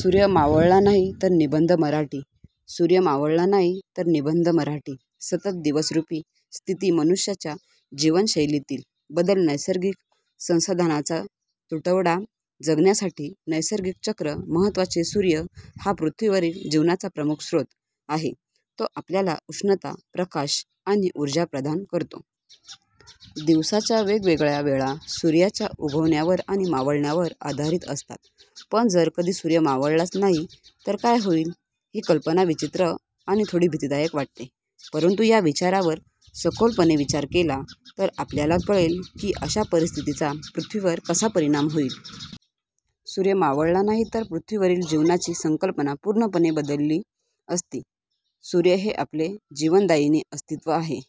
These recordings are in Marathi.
सूर्य मावळला नाही तर निबंध मराठी सूर्य मावळला नाही तर निबंध मराठी सतत दिवसरूपी स्थिती मनुष्याच्या जीवनशैलीतील बदल नैसर्गिक संसाधनांचा तुटवडा जगण्यासाठी नैसर्गिक चक्र महत्त्वाचे सूर्य हा पृथ्वीवरील जीवनाचा प्रमुख स्रोत आहे. तो आपल्याला उष्णता, प्रकाश आणि ऊर्जा प्रदान करतो. दिवसाच्या वेगवेगळ्या वेळा सूर्याच्या उगवण्यावर आणि मावळण्यावर आधारित असतात. पण जर कधी सूर्य मावळलाच नाही, तर काय होईल? ही कल्पना विचित्र आणि थोडी भीतीदायक वाटते. परंतु या विचारावर सखोलपणे विचार केला तर आपल्याला कळेल की अशा परिस्थितीचा पृथ्वीवर कसा परिणाम होईल. सूर्य मावळला नाही तर पृथ्वीवरील जीवनाची संकल्पना पूर्णपणे बदलली असती. सूर्य हे आपले जीवनदायिनी अस्तित्व आहे.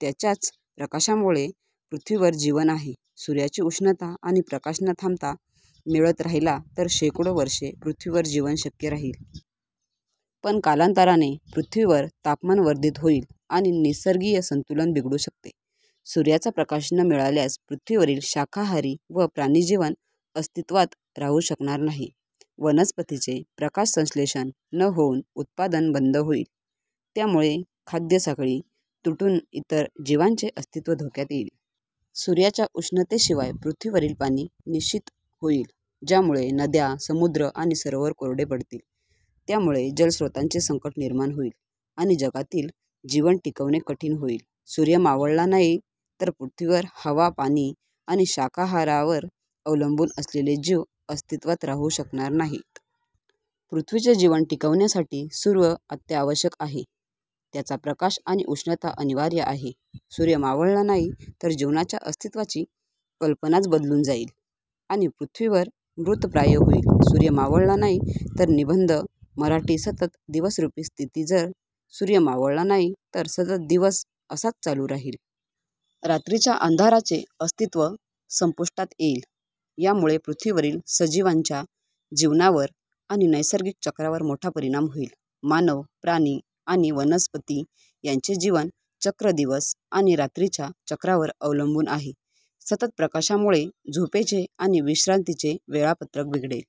त्याच्याच प्रकाशामुळे पृथ्वीवर जीवन आहे. सूर्याची उष्णता आणि प्रकाश न थांबता मिळत राहिला तर शेकडो वर्षे पृथ्वीवर जीवन शक्य राहील. पण कालांतराने पृथ्वीवर तापमान वर्धित होईल आणि निसर्गीय संतुलन बिघडू शकते. सूर्याचा प्रकाश न मिळाल्यास पृथ्वीवरील शाकाहारी व प्राणी जीवन अस्तित्वात राहू शकणार नाही. वनस्पतींचे प्रकाशसंश्लेषण न होऊन उत्पादन बंद होईल. त्यामुळे खाद्य साखळी तुटून इतर जीवांचे अस्तित्व धोक्यात येईल. सूर्याच्या उष्णतेशिवाय पृथ्वीवरील पाणी निःशीत होईल, ज्यामुळे नद्या, समुद्र आणि सरोवर कोरडे पडतील. त्यामुळे जलस्रोतांचे संकट निर्माण होईल, आणि जगातील जीवन टिकवणे कठीण होईल. सूर्य मावळला नाही तर पृथ्वीवर हवा, पाणी आणि शाकाहारावर अवलंबून असलेले जीव अस्तित्वात राहू शकणार नाहीत. पृथ्वीचे जीवन टिकवण्यासाठी सूर्य अत्यावश्यक आहे. त्याचा प्रकाश आणि उष्णता अनिवार्य आहे. सूर्य मावळला नाही तर जीवनाच्या अस्तित्वाची कल्पनाच बदलून जाईल आणि पृथ्वीवर मृतप्राय होईल. सूर्य मावळला नाही तर निबंध मराठी सतत दिवसरूपी स्थिती जर सूर्य मावळला नाही, तर सतत दिवस असाच चालू राहील. रात्रीच्या अंधाराचे अस्तित्व संपुष्टात येईल. यामुळे पृथ्वीवरील सजीवांच्या जीवनावर आणि नैसर्गिक चक्रावर मोठा परिणाम होईल. मानव, प्राणी आणि वनस्पती यांचे जीवन चक्र दिवस आणि रात्रीच्या चक्रावर अवलंबून आहे. सतत प्रकाशामुळे झोपेचे आणि विश्रांतीचे वेळापत्रक बिघडेल.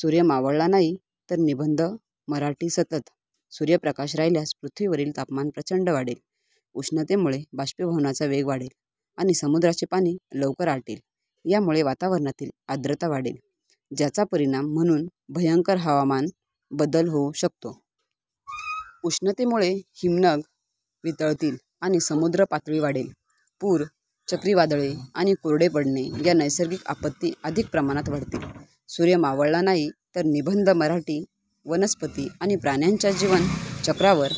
सूर्य मावळला नाही तर निबंध मराठी सतत सूर्यप्रकाश राहिल्यास पृथ्वीवरील तापमान प्रचंड वाढेल. उष्णतेमुळे बाष्पीभवनाचा वेग वाढेल आणि समुद्रांचे पाणी लवकर आटेल. यामुळे वातावरणातील आर्द्रता वाढेल, ज्याचा परिणाम म्हणून भयंकर हवामान बदल होऊ शकतो. उष्णतेमुळे हिमनग वितळतील आणि समुद्र पातळी वाढेल. पूर, चक्रीवादळे आणि कोरडे पडणे या नैसर्गिक आपत्ती अधिक प्रमाणात वाढतील. सूर्य मावळला नाही तर निबंध मराठी वनस्पती आणि प्राण्यांच्या जीवन चक्रावर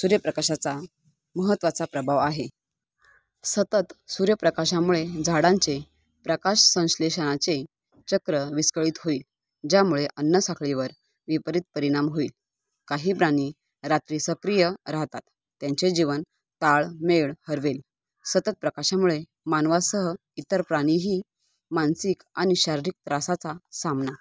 सूर्यप्रकाशाचा महत्त्वाचा प्रभाव आहे. सतत सूर्यप्रकाशामुळे झाडांचे प्रकाशसंश्लेषणाचे चक्र विस्कळीत होईल, ज्यामुळे अन्नसाखळीवर विपरीत परिणाम होईल. काही प्राणी रात्री सक्रिय राहतात, त्यांचे जीवन ताळमेळ हरवेल. सतत प्रकाशामुळे मानवांसह इतर प्राणीही मानसिक आणि शारीरिक त्रासाचा सामना